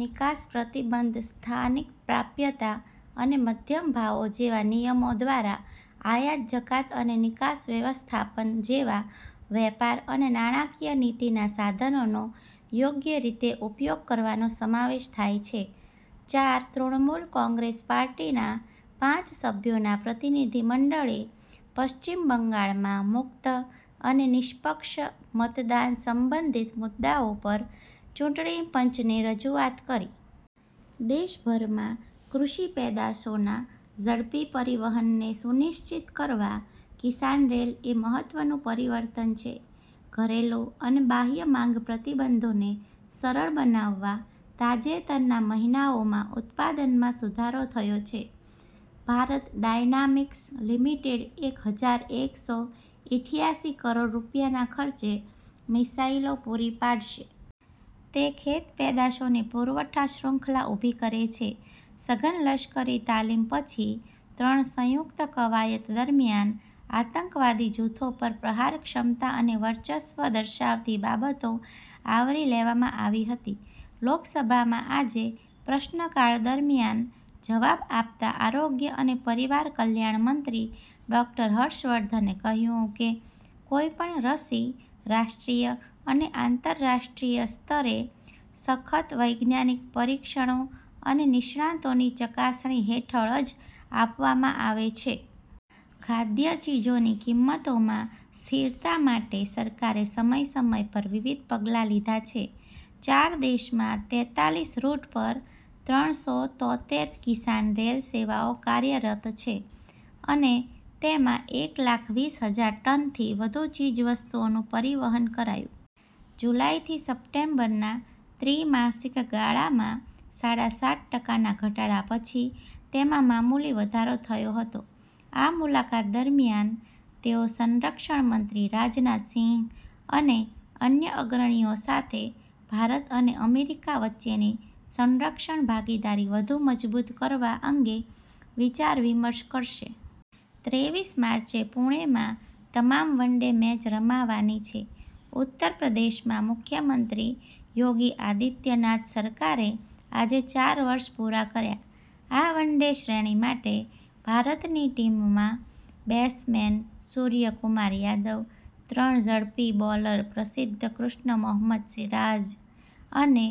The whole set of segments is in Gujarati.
નિકાસ પ્રતિબંધ સ્થાનિક પ્રાપ્યતા અને મધ્યમ ભાવો જેવા નિયમો દ્વારા આયાત જકાત અને નિકાસ વ્યવસ્થાપન જેવા વેપાર અને નાણાકીય નીતિનાં સાધનોનો યોગ્ય રીતે ઉપયોગ કરવાનો સમાવેશ થાય છે. ચાર તૃણમૂલ કોંગ્રેસ પાર્ટીના પાંચ સભ્યોના પ્રતિનિધિ મંડળે પશ્ચિમ બંગાળમાં મુક્ત અને નિષ્પક્ષ મતદાન સંબંધિત મુદ્દાઓ પર ચૂંટણી પંચને રજૂઆત કરી. દેશભરમાં કૃષિ પેદાશોના ઝડપી પરિવહનને સુનિશ્ચિત કરવા કિસાન રેલ એ મહત્વનું પરિવર્તન છે. ઘરેલુ અને બાહ્ય માંગ પ્રતિબંધોને સરળ બનાવવા તાજેતરના મહિનાઓમાં ઉત્પાદનમાં સુધારો થયો છે. ભારત ડાયનામિક્સ લિમિટેડ એક હજાર એક સો ઈઠ્યાસી કરોડ રૂપિયાના ખર્ચે મિસાઇલો પૂરી પાડશે. તે ખેત પેદાશોની પુરવઠા શૃંખલા ઉભી કરે છે. સઘન લશકરી તાલીમ પછી ત્રણ સંયુક્ત કવાયત દરમિયાન આતંકવાદી જૂથો પર પ્રહાર ક્ષમતા અને વર્ચસ્વ દર્શાવતી બાબતો આવરી લેવામાં આવી હતી. લોકસભામાં આજે પ્રશ્નકાળ દરમિયાન જવાબ આપતાં આરોગ્ય અને પરિવાર કલ્યાણ મંત્રી ડોક્ટર હર્ષવર્ધને કહ્યું કે, કોઈપણ રસી રાષ્ટ્રીય અને આંતરરાષ્ટ્રીય સ્તરે સખત વૈજ્ઞાનિક પરીક્ષણો અને નિષ્ણાતોની ચકાસણી હેઠળ જ આપવામાં આવે છે. ખાદ્ય ચીજોની કિંમતોમાં સ્થિરતા માટે સરકારે સમય-સમય પર વિવિધ પગલાં લીધાં છે. ચાર દેશમાં તેતાલીસ રૂટ પર ત્રણ સો તોતેર કિસાન રેલ સેવાઓ કાર્યરત છે. અને તેમાં એક લાખ વીસ હજાર ટનથી વધુ ચીજવસ્તુઓનું પરિવહન કરાયું. જુલાઈથી સપ્ટેમ્બરના ત્રિમાસિક ગાળામાં સાડા સાત ટકાના ઘટાડા પછી તેમાં મામુલી વધારો થયો હતો. આ મુલાકાત દરમિયાન તેઓ સંરક્ષણ મંત્રી રાજનાથ સિંહ અને અન્ય અગ્રણીઓ સાથે ભારત અને અમેરિકા વચ્ચેની સંરક્ષણ ભાગીદારી વધુ મજબૂત કરવા અંગે વિચાર વિમર્શ કરશે. ત્રેવીસ માર્ચે પુણેમાં તમામ વનડે મેચ રમાવાની છે. ઉત્તર પ્રદેશમાં મુખ્યમંત્રી યોગી આદિત્યનાથ સરકારે આજે ચાર વર્ષ પુરા કર્યા આ વન ડે શ્રેણી માટે ભારતની ટીમમાં બેસમેન સૂર્યકુમાર યાદવ ત્રણ ઝડપી બોલર પ્રસિદ્ધ કૃષ્ણ મોહમ્મદ સિરાજ અને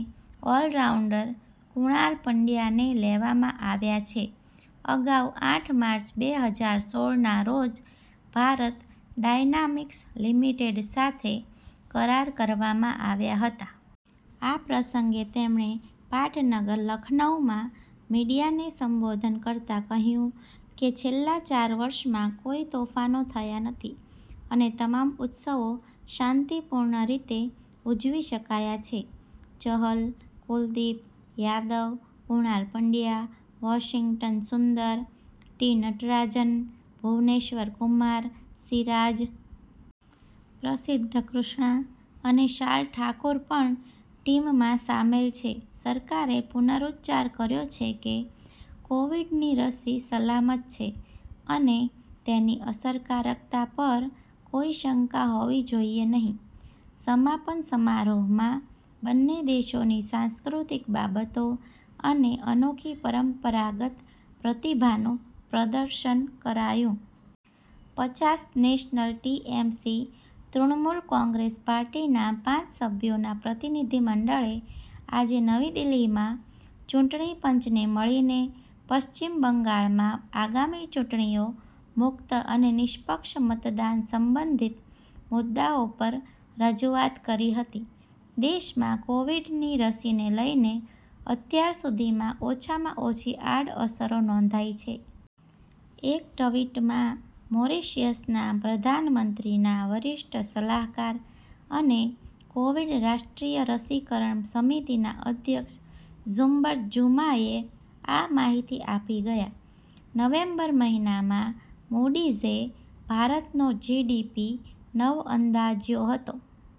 ઓલરાઉન્ડર કુણાલ પંડ્યાને લેવામાં આવ્યા છે અગાઉ આઠ માર્ચ બે હજાર સોળ ના રોજ ભારત ડાયનામિક્સ લિમિટેડ સાથે કરાર કરવામાં આવ્યા હતા. આ પ્રસંગે તેમણે પાટનગર લખનૌમાં મીડિયાને સંબોધન કરતાં કહ્યું કે, છેલ્લા ચાર વર્ષમાં કોઈ તોફાનો થયાં નથી, અને તમામ ઉત્સવો શાંતિપૂર્ણ રીતે ઉજવી શકાયા છે. Chahal, Kuldeep, Yadav, Krunal Pandya, Washington Sundar, T Natarajan, Bhuvneshwar Kumar, Siraj. પ્રસિધ્ધ કૃષ્ણા અને શાલ ઠાકુર પણ ટીમમાં સામેલ છે. સરકારે પુનરૂચ્ચાર કર્યો છે કે કોવિડની રસી સલામત છે, અને તેની અસરકારકતા પર કોઈ શંકા હોવી જોઈએ નહીં. સમાપન સમારોહમાં બંને દેશોની સાંસ્કૃતિક બાબતો અને અનોખી પરંપરાગત પ્રતિભાનું પ્રદર્શન કરાયું. પચાસ નેશનલ ટી.એમ.સી. તૃણમૂલ કોંગ્રેસ પાર્ટીના પાંચ સભ્યોના પ્રતિનિધિ મંડળે આજે નવી દિલ્હીમાં ચૂંટણી પંચને મળીને પશ્ચિમ બંગાળમાં આગામી ચૂંટણીઓ મુક્ત અને નિષ્પક્ષ મતદાન સંબંધિત મુદ્દાઓ પર રજૂઆત કરી હતી. દેશમાં કોવિડની રસીને લઈને અત્યાર સુધીમાં ઓછામાં ઓછી આડઅસરો નોંધાઈ છે. એક ટવીટમાં મોરિશિયસના પ્રધાનમંત્રીના વરિષ્ઠ સલાહકાર અને કોવિડ રાષ્ટ્રીય રસીકરણ સમિતિના અધ્યક્ષ ઝુંબર જુમાયે આ માહિતી આપી ગયા. નવેમ્બર મહિનામાં મૂડીઝે ભારતનો જી.ડી.પી. નવ અંદાજ્યો હતો.